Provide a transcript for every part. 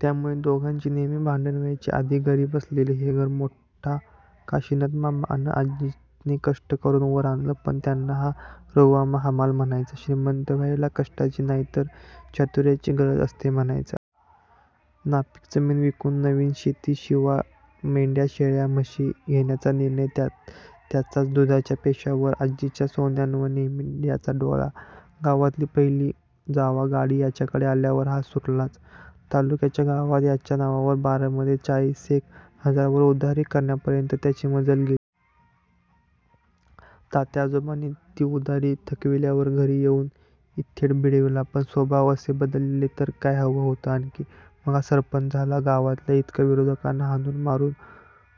त्यामूळे दोघांची नेहेमी भांडणं व्हायची. आधी गरीब असलेलं हे घर मोठा काशीनाथमामा अन आजीने कष्ट करून वर आणलं. पण त्यांना हा रघूमामा हमाल म्हणायचा. श्रीमंत व्हायला कष्टाची नाही, तर चातूर्याची गरज असते म्हणायचा. नापीक जमीन विकून नवीन शेते, शिवाय मेंढ्या, शेळ्या, म्हशी घेण्याचा निर्णय त्याचाच. दुधाच्या पैशांवर, आजीच्या सोन्यानाण्यावर नेहेमी याचा डोळा. गावातली पहिली जावा गाडी याच्याकडे आल्यावर हा सुटलाच. तालूक्याच्या गावात याच्या नावावर बारमध्ये चाळीसेक हजारांवर 'उधारी' करण्यापर्यंत त्याची मजल गेली. तात्याआजोबांनी ती उधारी थकविल्यावर घरी येऊन यथेच्छ बडविला. पण स्वभाव असे बदलते तर काय हवं होतं आणखी? मग हा सरपच झाला. गावातल्या इतर विरोधकांना हाणून मारून.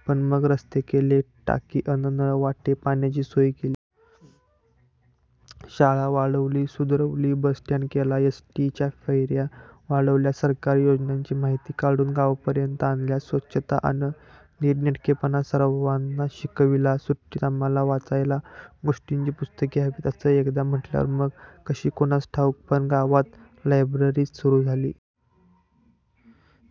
पण मग रस्ते केले. टाकी अन नळावाटे पाण्याची सोय केली. शाळा वाढवली, सुधरवली. बस-स्टँड केला. एस्. टी. च्या फेर्या वाढवल्या. सरकारी योजनांची माहिती काढून गावापर्यंत आणल्या. स्वच्छता अन नीटनेटकेपणा सर्वांना शिकविला. सुट्टीत आम्हाला वाचायला गोष्टींची पुस्तके हवीत, असं एकदा म्हटल्यावर मग कशी कुणास ठाऊक, पण गावात लायब्ररीच सुरू झाली.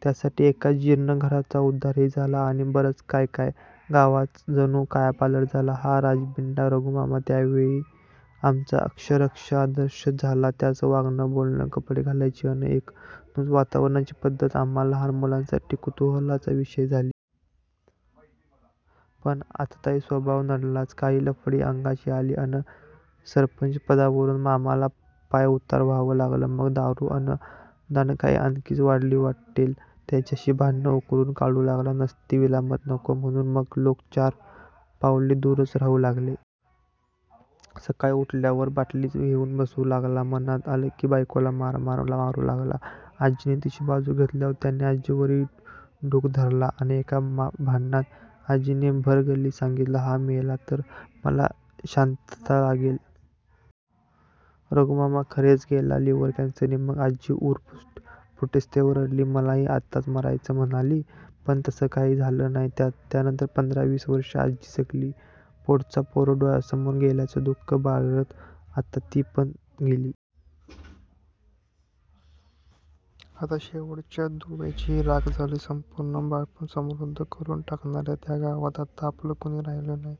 त्यासाठी एका जीर्ण घराचा उध्दारही झाला. आणि बरंच काय काय.. गावाचा जणू कायापालट झाला. हा राजबिंडा रघूमामा यावेळी आमचा अक्षरशः आदर्शच झाला. त्याचं वागणं, बोलणं, कपडे घालायची अन एकूणच वावरण्याची पध्दत आम्हा लहान मुलांसाठी कुतूहलाचा विषय झाली. पण आततायी स्वभाव नडलाच. काही लफडी अंगाशी आली, अन सरपंचपदावरनं मामाला पायऊतार व्हावं लागलं. मग दारू अन दांडगाई आणखीच वाढली. वाटेल त्याच्याशी भांडण उकरून काढू लागला. नसती बिलामत नको, म्हणून मग लोक चार पावले दुरच राहू लागले. सकाळी उठल्यावर बाटलीच घेऊन बसू लागला. मनात आलं की बायकोला मार मार मारू लागला. आजीने तिची बाजू घेतल्यावर त्याने आजीवरच डुख धरला. अन एका भांडणात आजीने भर गल्लीत सांगितलं, हा मेला, तरच मला शांतता लागेल. रघूमामा खरेच गेला. लिव्हर कँसरने. मग आजी ऊर फुटेस्तवर रडली. मलाही आताच मरायचं म्हणाली. पण तसं काही झालं नाही. त्यानंतर पंधरा-वीस वर्षे आजी जगली. पोटचा पोर डोळ्यांसमोर गेल्याचं दु:ख बाळगत. आता ती पण गेली. आता शेवटच्या दुव्याचीही राख झाली. संपूर्ण बाळपण समृध्द करून टाकणार्या त्या गावात आता आपलं कुणी राहिलं नाही.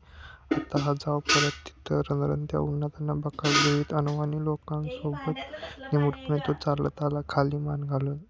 आता का जावं परत तिथं? रणरणत्या उन्हात अन भकास धुळीत अनवाणी लोकांसोबत निमूटपणे तो चालत आला, खाली मान घालून.